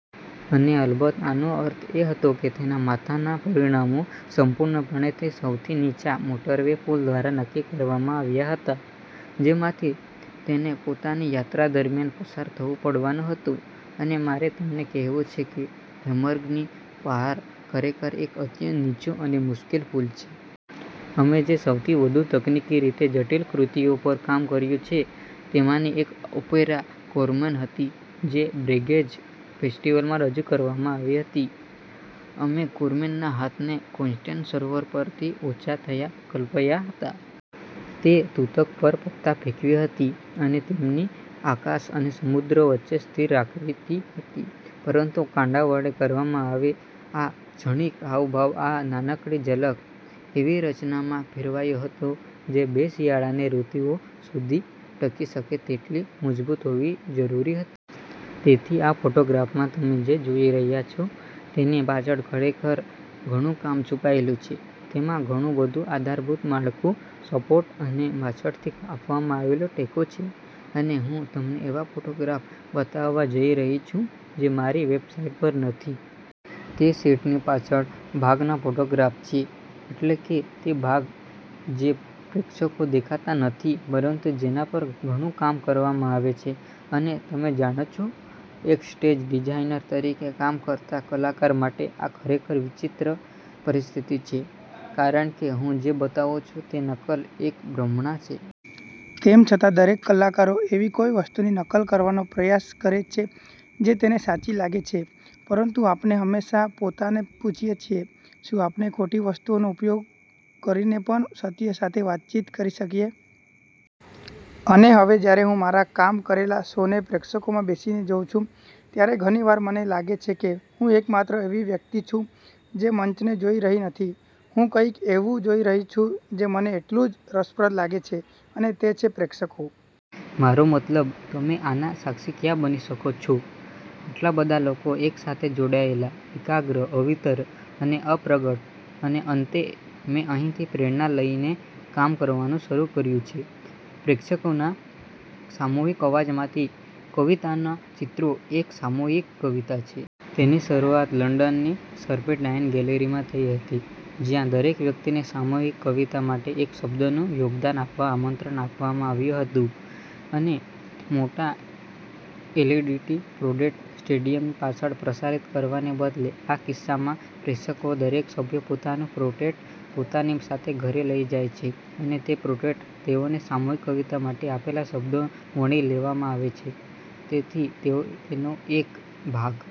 અને અલબત્ત, આનો અર્થ એ હતો કે તેના માથાના પરિમાણો સંપૂર્ણપણે તે સૌથી નીચા મોટરવે પુલ દ્વારા નક્કી કરવામાં આવ્યા હતા, જેમાંથી તેને પોતાની યાત્રા દરમિયાન પસાર થવું પડવાનું હતું. અને મારે તમને કહેવું છે કે હેમ્બર્ગની બહાર ખરેખર એક અત્યંત નીચો અને મુશ્કેલ પુલ છે. અમે જે સૌથી વધુ તકનીકી રીતે જટિલ કૃતિઓ પર કામ કર્યું છે, તેમાંની એક ઓપેરા “કોર્મંન” હતી, જે બ્રેગેજ ફેસ્ટિવલમાં રજૂ કરવામાં આવી હતી. અમે કાર્મેનના હાથને કોન્સ્ટન્સ સરોવર પરથી ઊંચા થયા કલ્પ્યા હતા. તે તૂતક પર પત્તા ફેંકવી હતી અને તેમને આકાશ અને સમુદ્ર વચ્ચે સ્થિર રાખતી હતી. પરંતુ કાંડા વડે કરવામાં આવી, આ છણિક હાવભાવ, આ નાનકડી ઝલક, એવી રચનામાં ફેરવાયો હતો જે બે શિયાળાની ઋતુઓ સુધી ટકી શકે તેટલી મજબૂત હોવી જરૂરી હતી. તેથી, આ ફોટોગ્રાફમાં તમે જે જોઈ રહ્યા છો તેની પાછળ ખરેખર ઘણું કામ છુપાયેલું છે. તેમાં ઘણું બધું આધારભૂત માળખું, સપોર્ટ અને પાછળથી આપવામાં આવેલો ટેકો છે. અને હું તમને એવા ફોટોગ્રાફ્સ બતાવવા જઈ રહી છું જે મારી વેબસાઇટ પર નથી. તે સેટની પાછળ ભાગના ફોટોગ્રાફ્સ છે, એટલે કે તે ભાગ જે પ્રેક્ષકો દેખાતા નથી, પરંતુ જેના પર ઘણું કામ કરવામાં આવે છે. અને તમે જાણો છો, એક સ્ટેજ ડિઝાઇનર તરીકે કામ કરતા કલાકાર માટે આ ખરેખર વિચિત્ર પરિસ્થિતિ છે, કારણ કે હું જે બતાવું છું તે નકલ, એક ભ્રમણા છે. તેમ છતાં, દરેક કલાકારો એવી કોઈ વસ્તુની નકલ કરવાનો પ્રયાસ કરે છે જે તેને સાચી લાગે છે. પરંતુ આપણે હંમેશાં પોતાને પૂછીએ છીએ: “શું આપણે ખોટી વસ્તુઓનો ઉપયોગ કરીને પણ સત્ય સાથે વાતચીત કરી શકીએ?” અને હવે જ્યારે હું મારા કામ કરેલા શોને પ્રેક્ષકોમાં બેસીને જોઉં છું, ત્યારે ઘણી વાર મને લાગે છે કે હું એકમાત્ર એવી વ્યક્તિ છું જે મંચને જોઈ રહી નથી. હું કંઈક એવું જોઈ રહી છું જે મને એટલું જ રસપ્રદ લાગે છે, અને તે છે પ્રેક્ષકો. મારો મતલબ, તમે આના સાક્ષી ક્યાં બની શકો? આટલા બધા લોકો એકસાથે જોડાયેલા, એકાગ્ર, અવિતર અને અપ્રગટ. અને અંતે, મેં અહીંથી પ્રેરણા લઈને કામ કરવાનું શરૂ કર્યું છે, પ્રેક્ષકોના સામૂહિક અવાજમાંથી. “કવિતાનાં ચિત્રો” એક સામૂહિક કવિતા છે. તેની શરૂઆત લંડનની સર્પેટાઇન ગેલેરીમાં થઈ હતી, જ્યાં દરેક વ્યક્તિને સામૂહિક કવિતા માટે એક શબ્દનું યોગદાન આપવા આમંત્રણ આપવામાં આવ્યું હતું. અને મોટા એલઇડીટી પોડ્રેડ સ્ટેડિયમ પાછળ પ્રસારિત કરવાને બદલે, આ કિસ્સામાં, પ્રેક્ષકો દરેક સભ્ય પોતાનું પોટ્રેટ પોતાની સાથે ઘરે લઈ જાય છે, અને તે પોટ્રેટ તેઓએ સામૂહિક કવિતા માટે આપેલા શબ્દો વણી લેવામાં આવે છે. તેથી તેઓ તેનો એક ભાગ...